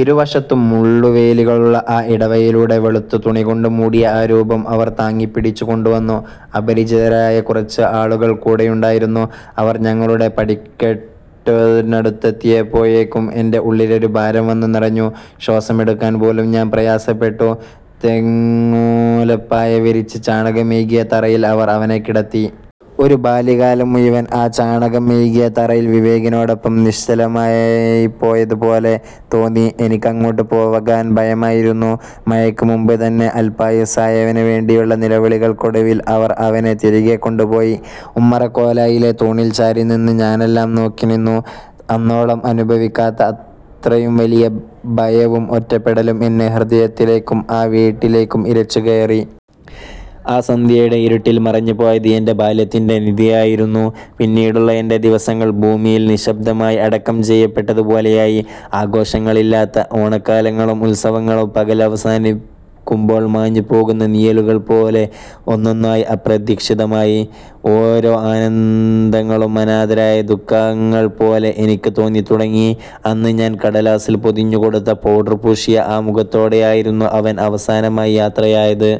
ഇരുവശത്തും മുള്ളുവേലികളുള്ള ആ ഇടവഴിയിലൂടെ, വെളുത്ത തുണികൊണ്ട് മൂടിയ ആ രൂപം അവർ താങ്ങിപ്പിടിച്ചു കൊണ്ടുവന്നു. അപരിചിതരായ കുറച്ച് ആളുകൾ കൂടെയുണ്ടായിരുന്നു. അവർ ഞങ്ങളുടെ പടിക്കെട്ടിനടുത്തെത്തിയപ്പോഴേക്കും എന്റെ ഉള്ളിലൊരു ഭാരം വന്നു നിറഞ്ഞു. ശ്വാസമെടുക്കാൻ പോലും ഞാൻ പ്രയാസപ്പെട്ടു. തെങ്ങോലപ്പായ വിരിച്ച്, ചാണകം മെഴുകിയ തറയിൽ അവർ അവനെ കിടത്തി. ഒരു ബാല്യകാലം മുഴുവൻ ആ ചാണകം മെഴുകിയ തറയിൽ വിവേകിനോടൊപ്പം നിശ്ചലമായിപ്പോയതുപോലെ തോന്നി. എനിക്ക് അങ്ങോട്ട് പോകാൻ ഭയമായിരുന്നു. മഴയ്ക്ക് മുമ്പ് തന്നെ അൽപായുസ്സായവന് വേണ്ടിയുള്ള നിലവിളികൾക്കൊടുവിൽ അവർ അവനെ തിരികെ കൊണ്ടുപോയി. ഉമ്മറക്കോലായിലെ തൂണിൽ ചാരിനിന്ന് ഞാനെല്ലാം നോക്കി നിന്നു. അന്നോളം അനുഭവിക്കാത്ത അത്രയും വലിയ ഭയവും ഒറ്റപ്പെടലും എന്റെ ഹൃദയത്തിലേക്കും ആ വീട്ടിലേക്കും ഇരച്ചുകയറി. ആ സന്ധ്യയുടെ ഇരുട്ടിൽ മറഞ്ഞുപോയത് എന്റെ ബാല്യത്തിന്റെ നിധിയായിരുന്നു. പിന്നീടുള്ള എന്റെ ദിവസങ്ങൾ ഭൂമിയിൽ നിശ്ശബ്ദമായി അടക്കം ചെയ്യപ്പെട്ടതുപോലെയായി. ആഘോഷങ്ങളില്ലാത്ത ഓണക്കാലങ്ങളും ഉത്സവങ്ങളും പകൽ അവസാനിക്കുമ്പോൾ മാഞ്ഞുപോകുന്ന നിഴലുകൾ പോലെ ഒന്നൊന്നായി അപ്രത്യക്ഷമായി. ഓരോ ആനന്ദങ്ങളും അനാഥരായ ദുഃഖങ്ങൾ പോലെ എനിക്ക് തോന്നിത്തുടങ്ങി. അന്ന് ഞാൻ കടലാസിൽ പൊതിഞ്ഞു കൊടുത്ത പൗഡർ പൂശിയ ആ മുഖത്തോടെയായിരുന്നു അവൻ അവസാനമായി യാത്രയായത്.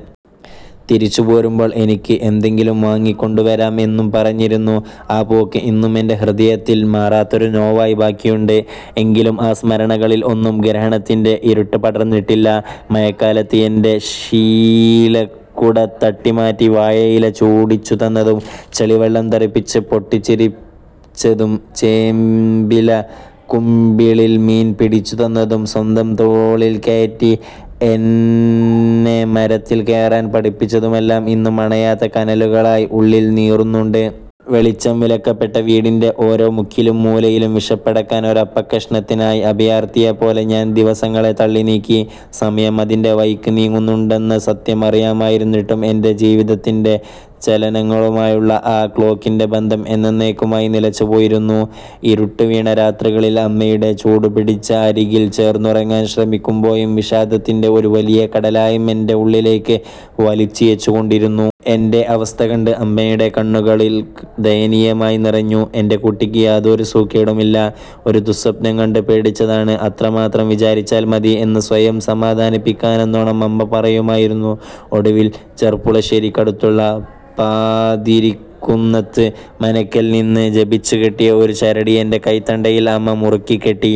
തിരിച്ച് പോരുമ്പോൾ എനിക്ക് എന്തെങ്കിലും വാങ്ങി കൊണ്ടുവരാം എന്നും പറഞ്ഞിരുന്നു. ആ പോക്ക് ഇന്നും എന്റെ ഹൃദയത്തിൽ മാറാത്തൊരു നോവായി ബാക്കിയുണ്ട്. എങ്കിലും ആ സ്മരണകളിൽ ഒന്നും ഗ്രഹണത്തിന്റെ ഇരുട്ട് പടർന്നിട്ടില്ല. മഴക്കാലത്ത് എന്റെ ശീലക്കുട തട്ടിമാറ്റി വാഴയില ചൂടിച്ചു തന്നതും, ചെളിവെള്ളം തെറിപ്പിച്ച് പൊട്ടിച്ചിരിച്ചതും, ചേമ്പില കുമ്പിളിൽ മീൻ പിടിച്ചു തന്നതും, സ്വന്തം തോളിൽ കയറ്റി എന്നെ മരത്തിൽ കയറാൻ പഠിപ്പിച്ചതുമെല്ലാം ഇന്നും അണയാത്ത കനലുകളായി ഉള്ളിൽ നീറുന്നുണ്ട്. വെളിച്ചം വിലക്കപ്പെട്ട വീടിന്റെ ഓരോ മുക്കിലും മൂലയിലും, വിശപ്പടക്കാൻ ഒരപ്പക്കഷണത്തിനായി കാത്തിരിക്കുന്ന അഭയാർത്ഥിയെപ്പോലെ ഞാൻ ദിവസങ്ങളെ തള്ളിനീക്കി. സമയം അതിന്റെ വഴിക്ക് നീങ്ങുന്നുണ്ടെന്ന സത്യം അറിയാമായിരുന്നിട്ടും, എന്റെ ജീവിതത്തിന്റെ ചലനങ്ങളുമായുള്ള ആ ക്ലോക്കിന്റെ ബന്ധം എന്നെന്നേക്കുമായി നിലച്ചുപോയിരുന്നു. ഇരുട്ടു വീണ രാത്രികളിൽ അമ്മയുടെ ചൂടുപിടിച്ച അരികിൽ ചേർന്നുറങ്ങാൻ ശ്രമിക്കുമ്പോഴും, വിഷാദത്തിന്റെ ഒരു വലിയ കടലാഴം എന്നെ ഉള്ളിലേക്ക് വലിച്ചിഴച്ചുകൊണ്ടിരുന്നു. എന്റെ അവസ്ഥ കണ്ട് അമ്മയുടെ കണ്ണുകളിൽ ദയനീയമായി നിറഞ്ഞു. "എന്റെ കുട്ടിക്ക് യാതൊരു സൂക്കേടുമില്ല... ഒരു ദുഃസ്വപ്നം കണ്ട് പേടിച്ചതാണ്, അത്രമാത്രം വിചാരിച്ചാൽ മതി," എന്ന് സ്വയം സമാധാനിപ്പിക്കാനെന്നോണം അമ്മ പറയുമായിരുന്നു. ഒടുവിൽ ചെർപ്പുളശ്ശേരിക്കടുത്തുള്ള പാതിരിക്കുന്നത്ത് മനയ്ക്കൽ നിന്ന് ജപിച്ചുകെട്ടിയ ഒരു ചരട് എന്റെ കൈത്തണ്ടയിൽ അമ്മ മുറുക്കിക്കെട്ടി.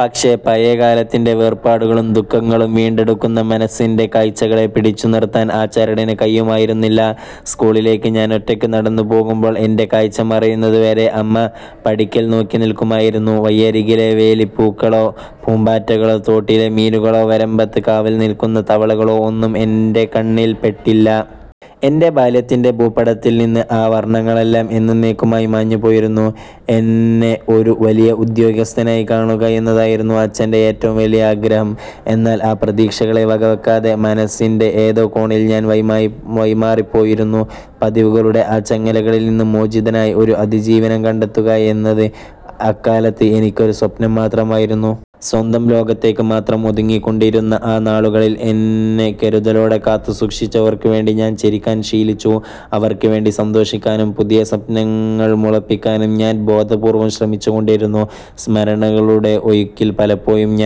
പക്ഷേ, പഴയകാലത്തിന്റെ വേർപാടുകളും ദുഃഖങ്ങളും വീണ്ടെടുക്കുന്ന മനസ്സിന്റെ കാഴ്ചകളെ പിടിച്ചുനിർത്താൻ ആ ചരടിന് കഴിയുമായിരുന്നില്ല. സ്കൂളിലേക്ക് ഞാൻ ഒറ്റയ്ക്ക് നടന്നുപോകുമ്പോൾ, എന്റെ കാഴ്ച മറയുന്നത് വരെ അമ്മ പടിക്കൽ നോക്കി നിൽക്കുമായിരുന്നു. വഴിയരികിലെ വേലിപ്പൂക്കളോ, പൂമ്പാറ്റകളോ, തോട്ടിലെ മീനുകളോ, വരമ്പത്ത് കാവൽ നിൽക്കുന്ന തവളകളോ ഒന്നും എന്റെ കണ്ണിൽ പെട്ടില്ല. എന്റെ ബാല്യത്തിന്റെ ഭൂപടത്തിൽ നിന്ന് ആ വർണ്ണങ്ങളെല്ലാം എന്നെന്നേക്കുമായി മാഞ്ഞുപോയിരുന്നു. എന്നെ ഒരു വലിയ ഉദ്യോഗസ്ഥനായി കാണുക എന്നതായിരുന്നു അച്ഛന്റെ ഏറ്റവും വലിയ ആഗ്രഹം. എന്നാൽ ആ പ്രതീക്ഷകളെ വകവെക്കാതെ, മനസ്സിന്റെ ഏതോ കോണിൽ ഞാൻ വഴിമാറിപ്പോയിരുന്നു. പതിവുകളുടെ ആ ചങ്ങലകളിൽ നിന്ന് മോചിതനായി ഒരു അതിജീവനം കണ്ടെത്തുക എന്നത് അക്കാലത്ത് എനിക്കൊരു സ്വപ്നം മാത്രമായിരുന്നു. സ്വന്തം ലോകത്തേക്ക് മാത്രം ഒതുങ്ങിക്കൂടിയിരുന്ന ആ നാളുകളിൽ, എന്നെ കരുതലോടെ കാത്തുസൂക്ഷിച്ചവർക്ക് വേണ്ടി ഞാൻ ചിരിക്കാൻ ശീലിച്ചു. അവർക്ക് വേണ്ടി സന്തോഷിക്കാനും പുതിയ സ്വപ്നങ്ങൾ മുളപ്പിക്കാനും ഞാൻ ബോധപൂർവ്വം ശ്രമിച്ചു കൊണ്ടിരുന്നു. സ്മരണകളുടെ ഒഴുക്കിൽ പലപ്പോഴും ഞാൻ